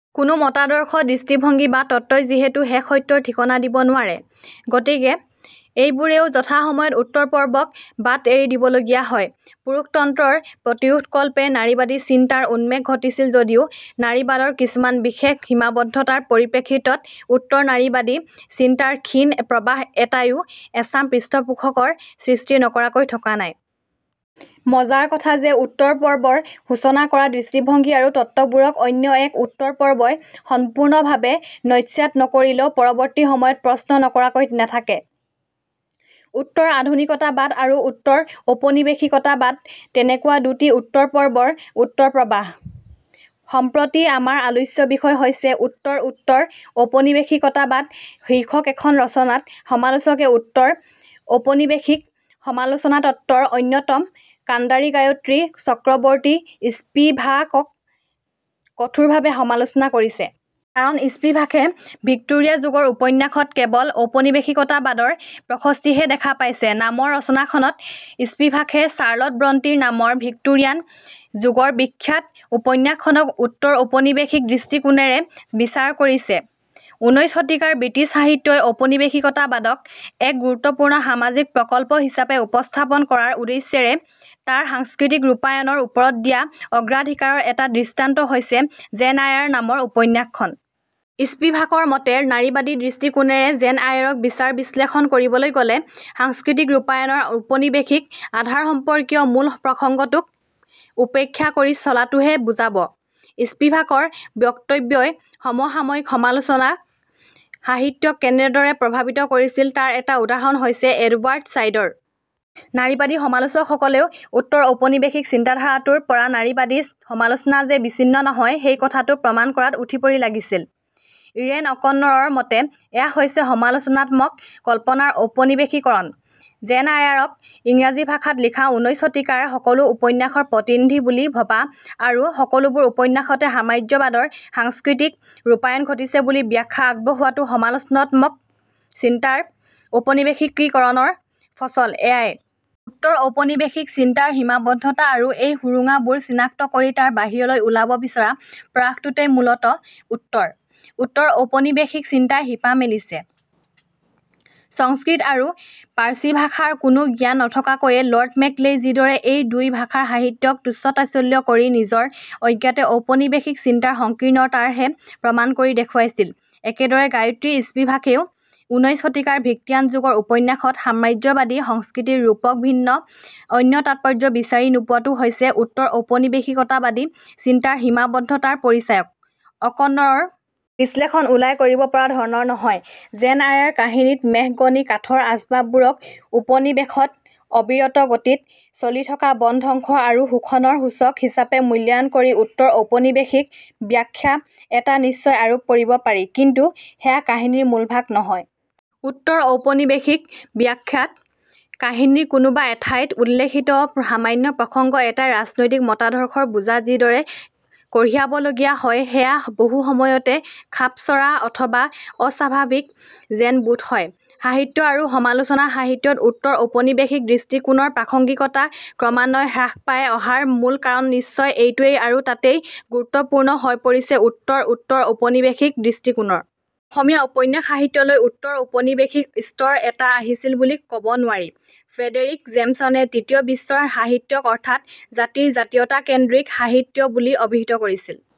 কোনো মতাদৰ্শ, দৃষ্টিভংগী বা তত্ত্বই যিহেতু শেষ সত্যৰ ঠিকনা দিব নোৱাৰে, গতিকে এইবোৰেও যথা সময়ত উত্তৰপৰ্বক বাট এৰি দিবলগীয়া হয়। পুৰুষতন্ত্ৰৰ প্ৰতিৰোধকল্পে নাৰীবাদী চিন্তাৰ উন্মেষ ঘটিছিল যদিও নাৰীবাদৰ কিছুমান বিশেষ সীমাবদ্ধতাৰ পৰিপ্ৰেক্ষিতত উত্তৰনাৰীবাদী চিন্তাৰ ক্ষীণ প্ৰবাহ এটাইও এচাম পৃষ্ঠপোষকৰ সৃষ্টি নকৰাকৈ থকা নাই। মজাৰ কথা যে উত্তৰপৰ্বৰ সূচনা কৰা দৃষ্টিভংগী আৰু তত্ত্ববোৰক অন্য এক উত্তৰপৰ্বই সম্পূৰ্ণভাৱে নস্যাৎ নকৰিলেও পৰবৰ্তী সময়ত প্ৰশ্ন নকৰাকৈ নাথাকে। উত্তৰ আধুনিকতাবাদ আৰু উত্তৰ ঔপনিবেশিকতাবাদ তেনেকুৱা দুটি উত্তৰপৰ্বৰ উত্তৰ প্ৰবাহ। সম্প্ৰতি আমাৰ আলোচ্য বিষয় হৈছে উত্তৰউত্তৰ ঔপনিবেশিকতাবাদ শীৰ্ষক এখন ৰচনাত সমালোচকে উত্তৰ ঔপনিবেশিক সমালোচনাতত্বৰ অন্যতম কাণ্ডাৰী গায়ত্ৰী চক্ৰৱৰ্ত্তী স্পিভাকক কঠোৰভাৱে সমালোচনা কৰিছে। কাৰণ স্পিভাকে ভিক্তোৰিয়া যুগৰ উপন্যাসত কেবল ঔপনিবেশিকতাবাদৰ প্ৰশস্তিহে দেখা পাইছে নামৰ ৰচনাখনত স্পিভাকে চাৰ্লট্ ব্ৰন্টিৰ নামৰ ভিক্টোৰিয়ান যুগৰ বিখ্যাত উপন্যাসখনক উত্তৰ ঔপনিবেশিক দৃষ্টিকোণেৰে বিচাৰ কৰিছে। উনৈশ শতিকাৰ ব্ৰিটিছ সাহিত্যই ঔপনিবেশিকতাবাদক এক গুৰুত্বপূৰ্ণ সামাজিক প্ৰকল্প হিচাপে উপস্থাপন কৰাৰ উদ্দেশ্যেৰে তাৰ সাংস্কৃতিক ৰূপায়নৰ ওপৰত দিয়া অগ্ৰাধিকাৰৰ এটা দৃষ্টান্ত হৈছে জেন আয়াৰ নামৰ উপন্যাসখন। স্পিভাকৰ মতে নাৰীবাদী দৃষ্টিকোণেৰে জেন আয়াৰক বিচাৰ বিশ্লেষণ কৰিবলৈ গলে সাংস্কৃতিক ৰূপায়নৰ ঔপনিবেশিক আধাৰসম্পৰ্কীয় মূল প্ৰসংগটোক উপেক্ষা কৰি চলাটোহে বুজাব। স্পিভাকৰ বক্তব্যই সমসাময়িক সমালোচনা সাহিত্যক কেনেদৰে প্ৰভাৱিত কৰিছিল তাৰ এটা উদাহৰণ হৈছে এডৱাৰ্ড চাঈদৰ। নাৰীবাদী সমালোচক সকলেও উত্তৰ ঔপনিবেশিক চিন্তাধাৰাটোৰ পৰা নাৰীবাদী সমালোচনা যে বিছিন্ন নহয়, সেই কথাটো প্ৰমাণ কৰাত উঠি পৰি লাগিছিল। ইৰেণ অকন্নৰৰ মতে এয়া হৈছে সমালোচনাত্মক কল্পনাৰ ঔপনিবেশীকৰণ। জেন আয়াৰক ইংৰাজী ভাষাত লিখা ঊনৈশ শতিকাৰ সকলো উপন্যাসৰ প্ৰতিনিধি বুলি ভবা আৰু সকলোবোৰ উপন্যাসতে সাম্ৰাজ্যবাদৰ সাংস্কৃতিক ৰূপায়ন ঘটিছে বুলি ব্যাখ্যা আগবঢ়োৱাটো সমালোচনাত্মক চিন্তাৰ ঔপনিবেশিকীকৰণৰ ফচল। এয়াই উত্তৰ ঔপনিবেশিক চিন্তাৰ সীমাবদ্ধতা আৰু সেই সুৰুঙাবোৰ চিনাক্ত কৰি তাৰ বাহিৰলৈ ওলাব বিচৰা প্ৰয়াসটোতেই মূলতঃ উত্তৰ। উত্তৰ ঔপনিবেশিক চিন্তাই শিপা মেলিছে। সংস্কৃত আৰু পাৰ্চী ভাষাৰ কোনো জ্ঞান নথকাকৈয়ে লৰ্ড মেকলেই যিদৰে এই দুই ভাষাৰ সাহিত্যক তুচ্চ তাচ্ছিল্য কৰি নিজৰ অজ্ঞাতে ঔপনিবেশিক চিন্তাৰ সংকীৰ্ণতাৰহে প্ৰমাণ কৰি দেখুৱাইছিল, একেদৰে গায়এী স্পিভাকেও ঊনৈশ শতিকাৰ ভিক্টিয়ান যুগৰ উপন্যাসত সাম্ৰাজ্যবাদী সংস্কৃতিৰ ৰূপকভিন্ন অন্য তাৎপৰ্য বিচাৰি নোপোৱাটো হৈছে উত্তৰঔপনিবেশিকতাবাদী চিন্তাৰ সীমাবদ্ধতাৰ পৰিচায়ক। অকন্নৰৰ বিশ্লেষণ উলাই কৰিব পৰা ধৰণৰ নহয়। জেন আয়াৰ কাহিনীত মেহগনি কাঠৰ আচবাববোৰক উপনিবেশত অবিৰত গতিত চলি থকা বনধ্বংস আৰু শোষণৰ সূচক হিচাপে মূল্যায়ন কৰি উত্তৰ ঔপনিবেশিক ব্যাখ্যা এটা নিশ্চয় আৰোপ কৰিব পাৰি। কিন্তু সেয়া কাহিনীৰ মূলভাগ নহয়। উত্তৰ ঔপনিবেশিক ব্যাখ্যাত কহিনীৰ কোনোবা এঠাইত উল্লেখিত সামান্য প্ৰসঙ্গ এটাই ৰাজনৈতিক মতাদৰ্শৰ বোজা যিদৰে কঢ়িয়াবলগীয় হয় সেয়া বহু সময়তে খাপচৰা অথবা অস্বাভাৱিক যেন বোধ হয়। সাহিত্য আৰু সমালোচনা সাহিত্যত উত্তৰ ঔপনিবেশিক দৃষ্টিকোণৰ প্ৰাসঙ্গিকতা ক্ৰমান্বয়ে হ্ৰাস পাই অহাৰ মূল কাৰণ নিশ্চয় এইটোৱেই আৰু তাতেই গুৰুত্বপূৰ্ণ হৈ পৰিছে উত্তৰ উত্তৰ ঔপনিবেশিক দৃষ্টিকোণৰ। অসমীয়া উপন্যাস সাহিত্যলৈ উত্তৰ ঔপনিবেশিক স্তৰ এটা আহিছিল বুলি কব নোৱাৰি। ফ্ৰেডেৰিক জেমচনে তৃতীয় বিশ্বৰ সাহিত্যক অৰ্থাৎ জাতিজাতীয়তাকেন্দ্ৰিক সাহিত্য বুলি অভিহিত কৰিছিল।